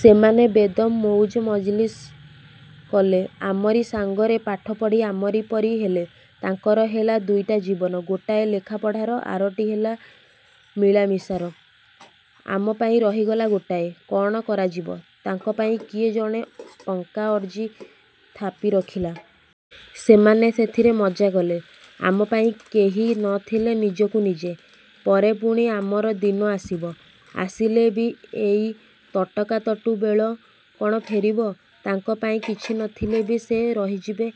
ସେମାନେ ବେଦମ ମଉଜମଜଲିସ କଲେ। ଆମରି ସାଙ୍ଗରେ ପାଠ ପଢ଼ି ଆମରି ପରି ହେଲେ। ତାଙ୍କର ହେଲା ଦୁଇଟା ଜୀବନ-ଗୋଟିଏ ଲେଖାପଢ଼ାର, ଆରଟି ହେଲା ମିଳାମିଶାର। ଆମ ପାଇଁ ରହିଗଲା ଗୋଟିଏ। -କ'ଣ କରାଯିବ? ତାଙ୍କ ପାଇଁ କିଏ ଜଣେ ଟଙ୍କା ଅର୍ଜି ଥାପି ରଖିଲା। ସେମାନେ ସେଥିରେ ମଜ୍ଜା କଲେ। ଆମ ପାଇଁ କେହି ନ ଥିଲା-ନିଜକୁ ନିଜେ। ପରେ ପୁଣି ଆମର ଦିନ ଆସିବ। -ଆସିଲେ ବି ଏଇ ତଟକା ତଟୁ ବେଳ କ'ଣ ଫେରିବ? ତାଙ୍କ ପାଇଁ କିଛି ନ ଥିଲେ ବି ସେ ରହିଯିବେ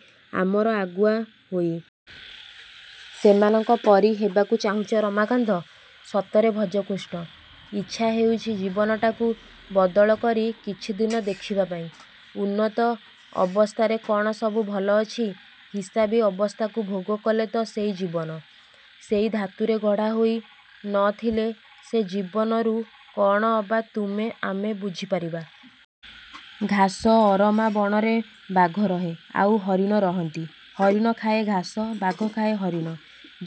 ଆମର ଆଗୁଆ ହୋଇ। -ସେମାନଙ୍କ ପରି ହେବାକୁ ଚାହୁଁଛ ରମାକାନ୍ତ? -ସତରେ ଭଜକୃଷ୍ଣ। ଇଚ୍ଛା ହେଉଛି ଜୀବନଟାକୁ ବଦଳ କରି କିଛି ଦିନ ଦେଖିବା ପାଇଁ-। ଉନ୍ନତ୍ତ ଅବସ୍ଥାରେ କ'ଣ ସବୁ ଭଲ ଅଛି? ହିସାବୀ ଅବସ୍ଥାକୁ ଭୋଗ କଲେ ତ-ସେଇ ଜୀବନ-? -ସେଇ ଧାତୁରେ ଗଢ଼ା ହୋଇ ନ ଥିଲେ ସେ ଜୀବନରୁ କ'ଣ ଅବା ତୁମେ ଆମେ ବୁଝିପାରିବା? ଘାସ ଅରମା ବଣରେ ବାଘ ରହେ, ଆଉ ହରିଣ ରହନ୍ତି। ହରିଣ ଖାଏ ଘାସ-ବାଘ ଖାଏ ହରିଣ।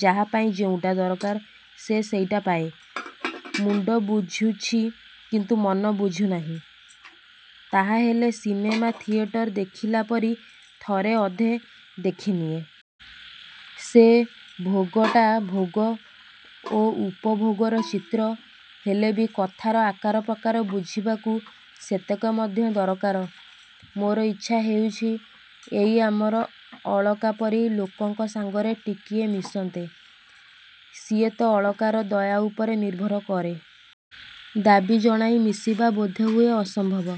ଯାହା ପାଇଁ ଯେଉଁଟା ଦରକାର ସେ ସେଇଟା ପାଏ। -ମୁଣ୍ଡ ବୁଝୁଛି; କିନ୍ତୁ ମନ ବୁଝୁ ନାହିଁ। -ତାହାହେଲେ ସିନେମା ଥିଏଟର ଦେଖିଲା ପରି ଥରେ ଅଧେ ଦେଖି ନିଅ। ସେ ଭୋଗଟା ଭୋଗ ଓ ଉପଭୋଗର ଚିତ୍ର। ହେଲେ ବି କଥାର ଆକାର ପ୍ରକାର ବୁଝିବାକୁ ସେତକ ମଧ୍ୟ ଦରକାର। -ମୋର ଇଚ୍ଛା ହେଉଛି ଏଇ ଆମର ଅଳକା ପରି ଲୋକଙ୍କ ସାଙ୍ଗରେ ଟିକିଏ ମିଶନ୍ତେ-। -ସିଏ ତ ଅଳକାର ଦୟା ଉପରେ ନିର୍ଭର କରେ। ଦାବୀ ଜଣାଇ ମିଶିବା ବୋଧହୁଏ ଅସମ୍ଭବ।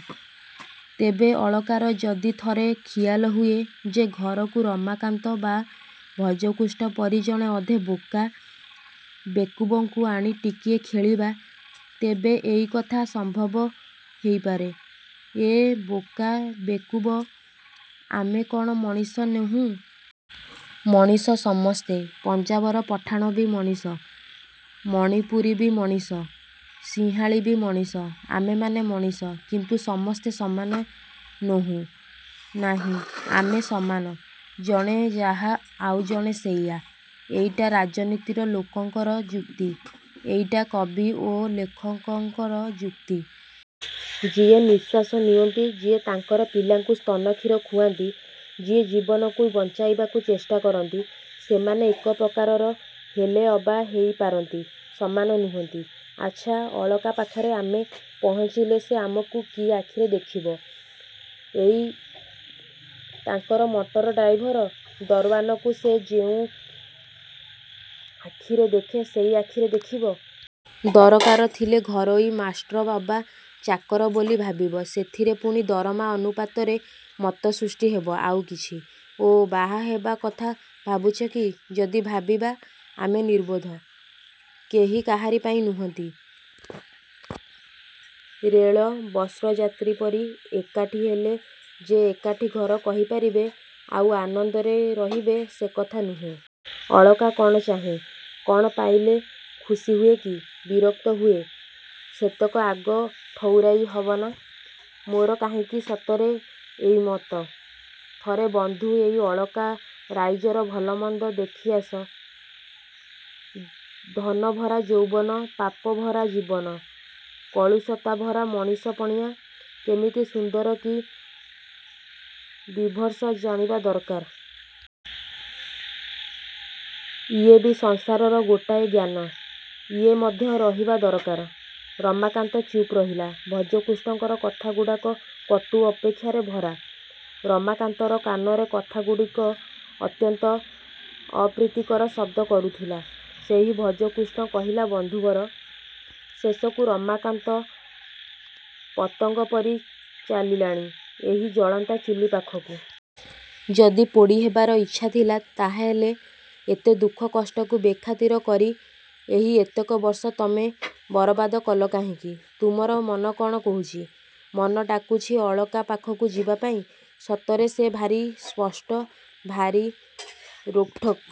ତେବେ ଅଳକାର ଯଦି ଥରେ ଖିଆଲ ହୁଏ ଯେ, ଘରକୁ ରମାକାନ୍ତ ବା ଭଜକୃଷ୍ଣ ପରି ଜଣେ ଅଧେ ବୋକା ବେକୁବଙ୍କୁ ଆଣି ଟିକିଏ ଖେଳିବା-ତେବେ ଏଇ କଥା ସମ୍ଭବ ହେଇପାରେ। -ଏଁ, ବୋକା ବେକୁବ୍? -ଆମେ କ'ଣ ମଣିଷ ନୋହୁଁ? -ମଣିଷ ସମସ୍ତେ। ପଞ୍ଜାବର ପଠାଣ ବି ମଣିଷ, ମଣିପୁରୀ ବି ମଣିଷ, ସିଂହଳୀ ବି ମଣିଷ। ଆମେମାନେ ମଣିଷ; କିନ୍ତୁ ସମସ୍ତେ ସମାନ ନୋହୁଁ। -ନାହିଁ, ଆମେ ସମାନ। ଜଣେ ଯାହା-ଆଉ ଜଣେ ସେଇଆ। -ଏଇଟା ରାଜନୀତିର ଲୋକଙ୍କର ଯୁକ୍ତି। ଏଇଟା କବି ଓ ଲେଖକଙ୍କର ଯୁକ୍ତି। ଯିଏ ନିଶ୍ୱାସ ନିଅନ୍ତି, ଯିଏ ତାଙ୍କର ପିଲାଙ୍କୁ ସ୍ତନକ୍ଷୀର ଖୁଆନ୍ତି, ଯିଏ ଜୀବନକୁ ବଞ୍ଚାଇବାକୁ ଚେଷ୍ଟା କରନ୍ତି। ସେମାନେ ଏକା ପ୍ରକାରର ହେଲେ ଅବା ହେଇ ପାରନ୍ତି, ସମାନ ନୁହଁନ୍ତି। -ଆଚ୍ଛା, ଅଳକା ପାଖରେ ଆମେ ପହଞ୍ଚିଲେ ସେ ଆମକୁ କି ଆଖିରେ ଦେଖିବ? -ଏଇ ତାଙ୍କର ମଟର ଡ୍ରାଇଭର, ଦରଓ୍ୱାନକୁ ସେ ଯେଉଁ ଆଖିରେ ଦେଖେ ସେଇ ଆଖିରେ ଦେଖିବ। ଦରକାର ଥିଲେ ଘରୋଇ ମାଷ୍ଟ୍ର ଅବା ଚାକର ବୋଲି ଭାବିବ।। ସେଥିରେ ପୁଣି ଦରମା ଅନୁପାତରେ ମତ ସୃଷ୍ଟି ହବ। -ଆଉ କିଛି? -ଓ, ବାହା ହେବା କଥା ଭାବୁଛ କି? -ଯଦି ଭାବିବା। -ଆମେ ନିର୍ବୋଧ। କେହି କାହାରି ପାଇଁ ନୁହଁନ୍ତି। ରେଳ ବସ୍ର ଯାତ୍ରୀ ପରି ଏକାଠି ହେଲେ ଯେ ଏକାଠି ଘର କରିପାରିବେ ଆଉ ଆନନ୍ଦରେ ରହିବେ ସେ କଥା ନୁହେଁ। ଅଳକା କ'ଣ ଚାହେଁ, କ'ଣ ପାଇଲେ ଖୁସି ହୁଏ କି ବିରକ୍ତ ହୁଏ ସେତକ ଆଗ ଠଉରାଇ ହବନାଁ? -ମୋର କାହିଁକି ସତରେ ଏଇ ମତ। -ଥରେ ବନ୍ଧୁ ଏଇ ଅଳକା ରାଇଜର ଭଲମନ୍ଦ ଦେଖି ଆସ-ଧନଭରା ଯୌବନ, ପାପଭରା ଜୀବନ, କଳୁଷତା-ଭରା ମଣିଷ-ପଣିଆ-। କେମିତି ସୁନ୍ଦର କି ବୀଭତ୍ସ ଜାଣିବା ଦରକାର। ଇଏ ବି ସଂସାରର ଗୋଟାଏ ଜ୍ଞାନ। ଇଏ ମଧ୍ୟ ରହିବା ଦରକାର। ରମାକାନ୍ତ ଚୁପ୍ ରହିଲା-ଭଜକୃଷ୍ଣର କଥାଗୁଡ଼ିକ କଟୁ ଆକ୍ଷେପରେ ଭରା। ରମାକାନ୍ତର କାନରେ କଥାଗୁଡ଼ିକ ଅତ୍ୟନ୍ତ ଅପ୍ରୀତିକର ଶବ୍ଦ କରୁଥିଲା। ହସି ଭଜକୃଷ୍ଣ କହିଲା-ବନ୍ଧୁବର! ଶେଷକୁ ରମାକାନ୍ତ ପତଙ୍ଗ ପରି ଚାଲିଲାଣି ଏହି ଜଳନ୍ତା ଚୁଲି ପାଖକୁ। ଯଦି ପୋଡ଼ି ହେବାର ଇଚ୍ଛା ଥିଲା ତାହାହେଲେ ଏତେ ଦୁଃଖ କଷ୍ଟକୁ ବେଖାତିର କରି ଏହି ଏତକ ବର୍ଷ ତମେ ବରବାଦ କଲ କାହିଁକି? ତୁମର ମନ କ'ଣ କହୁଛି? -ମନ ଡାକୁଛି ଅଳକା ପାଖକୁ ଯିବା ପାଇଁ। ସତରେ ସେ ଭାରି ସ୍ପଷ୍ଟ-ଭାରି ରୋକ୍ଠୋକ୍।